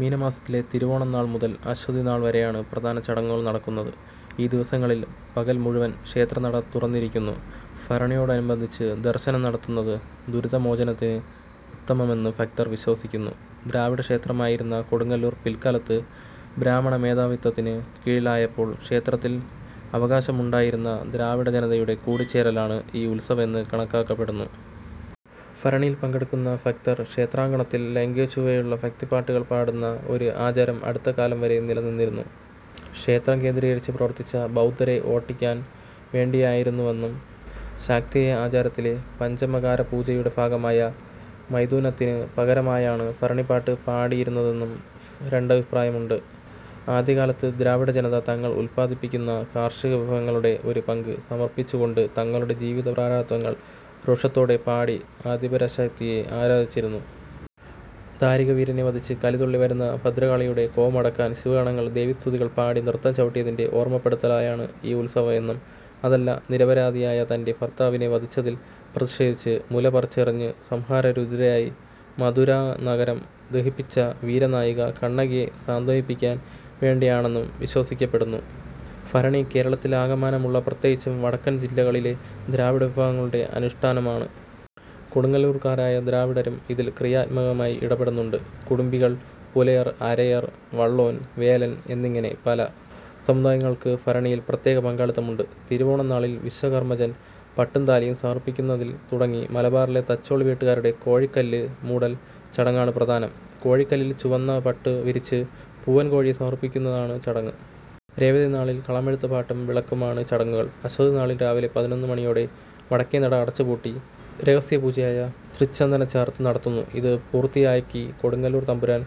മീനമാസത്തിലെ തിരുവോണം നാൾ മുതൽ അശ്വതി നാൾ വരെയാണ് പ്രധാന ചടങ്ങുകൾ നടക്കുന്നത്. ഈ ദിവസങ്ങളിൽ പകൽ മുഴുവൻ ക്ഷേത്രനട തുറന്നിരിക്കുന്നു. ഭരണിയോടനുബന്ധിച്ചു ദർശനം നടത്തുന്നത് ദുരിതമോചനത്തിന് ഉത്തമമെന്ന് ഭക്തർ വിശ്വസിക്കുന്നു. ദ്രാവിഡ ക്ഷേത്രമായിരുന്ന കൊടുങ്ങല്ലൂർ പിൽക്കാലത്ത് ബ്രാഹ്മണ മേധാവിത്വത്തിന് കീഴിലായപ്പോൾ ക്ഷേത്രത്തിൽ അവകാശമുണ്ടായിരുന്ന ദ്രാവിഡ ജനതയുടെ കൂടിച്ചേരലാണ് ഈ ഉത്സവം എന്ന് കണക്കാക്കപ്പെടുന്നു. ഭരണിയിൽ പങ്കെടുക്കുന്ന ഭക്തർ ക്ഷേത്രാങ്കണത്തിൽ ലൈംഗികച്ചുവയുള്ള ഭക്തിപ്പാട്ടുകൾ പാടുന്ന ഒരു ആചാരം അടുത്തകാലം വരെ നിലനിന്നിരുന്നു. ക്ഷേത്രം കേന്ദ്രീകരിച്ചു പ്രവർത്തിച്ച ബൗദ്ധരെ ഓടിക്കാൻ വേണ്ടിയായിരുന്നുവെന്നും; ശാക്തേയ ആചാരത്തിലെ പഞ്ചമകാരപൂജയുടെ ഭാഗമായ മൈഥുനത്തിന് പകരമായാണ് ഭരണിപാട്ട് പാടിയിരുന്നതെന്നും രണ്ടഭിപ്രായമുണ്ട്. ആദ്യകാലത്തു ദ്രാവിഡജനത തങ്ങൾ ഉത്പാദിപ്പിക്കുന്ന കാർഷിക വിഭവങ്ങളുടെ ഒരു പങ്ക് സമർപ്പിച്ചുകൊണ്ട് തങ്ങളുടെ ജീവിത പ്രാരാബ്ധങ്ങൾ രോഷത്തോടെ പാടി ആദിപരാശക്തിയെ ആരാധിച്ചിരുന്നു. ദാരികവീരനെ വധിച്ചു കലിതുള്ളി വരുന്ന ഭദ്രകാളിയുടെ കോപമടക്കാൻ ശിവഗണങ്ങൾ ദേവീസ്തുതികൾ പാടി നൃത്തം ചവിട്ടിയതിന്റെ ഓർമപ്പെടുത്തലാണ് ഈ ഉത്സവം എന്നും; അതല്ല നിരപരാധിയായ തന്റെ ഭർത്താവിനെ വധിച്ചതിൽ പ്രതിഷേധിച്ചു മുലപറിച്ചെറിഞ്ഞു സംഹാരരുദ്രയായി മധുരാനഗരം ദഹിപ്പിച്ച വീരനായിക കണ്ണകിയെ സാന്ത്വനിപ്പിക്കാൻ വേണ്ടി ആണെന്നും വിശ്വസിക്കപ്പെടുന്നു. ഭരണി കേരളത്തിലാകമാനമുള്ള, പ്രത്യേകിച്ചും വടക്കൻ ജില്ലകളിലെ ദ്രാവിഡ വിഭാഗങ്ങളുടെ അനുഷ്ഠാനമാണ്. കൊടുങ്ങല്ലൂർക്കാരായ ദ്രാവിഡരും ഇതിൽ ക്രിയാത്മകമായി ഇടപെടുന്നുണ്ട്. കുടുംബികൾ, പുലയർ, അരയർ, വള്ളോൻ, വേലൻ എന്നിങ്ങനെ പല സമുദായങ്ങൾക്ക് ഭരണിയിൽ പ്രത്യേക പങ്കാളിത്തമുണ്ട്. തിരുവോണം നാളിൽ വിശ്വകർമ്മജർ പട്ടും താലിയും സമർപ്പിക്കുന്നതിൽ തുടങ്ങി മലബാറിലെ തച്ചോളി വീട്ടുകാരുടെ "കോഴിക്കല്ല് മൂടൽ" ചടങ്ങാണ് പ്രധാനം. കോഴിക്കല്ലിൽ ചുവന്ന പട്ടു വിരിച്ചു പൂവൻകോഴിയെ സമർപ്പിക്കുന്നതാണ് ചടങ്ങ്. രേവതി നാളിൽ കളമെഴുത്തു പാട്ടും വിളക്കും ആണ് ചടങ്ങുകൾ. അശ്വതി നാളിൽ രാവിലെ പതിനൊന്ന് മണിയോടെ വടക്കേനട അടച്ചുപൂട്ടി രഹസ്യപൂജയായ "തൃച്ചന്ദനചാർത്ത്" നടത്തുന്നു. ഇത് പൂർത്തിയാക്കി കൊടുങ്ങല്ലൂർ തമ്പുരാൻ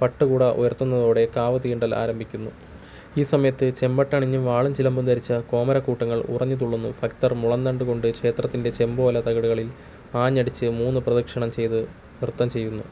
പട്ടുകുട ഉയർത്തുന്നതോടെ "കാവ് തീണ്ടൽ" ആരംഭിക്കുന്നു. ഈ സമയത്ത് ചെമ്പട്ടണിഞ്ഞു വാളും ചിലമ്പും ധരിച്ച കോമരക്കൂട്ടങ്ങൾ ഉറഞ്ഞു തുള്ളുന്നു; ഭക്തർ മുളന്തണ്ടു കൊണ്ട് ക്ഷേത്രത്തിന്റെ ചെമ്പോല തകിടുകളിൽ ആഞ്ഞടിച്ചു മൂന്ന് പ്രദക്ഷിണം ചെയ്തു നൃത്തം ചെയ്യുന്നു.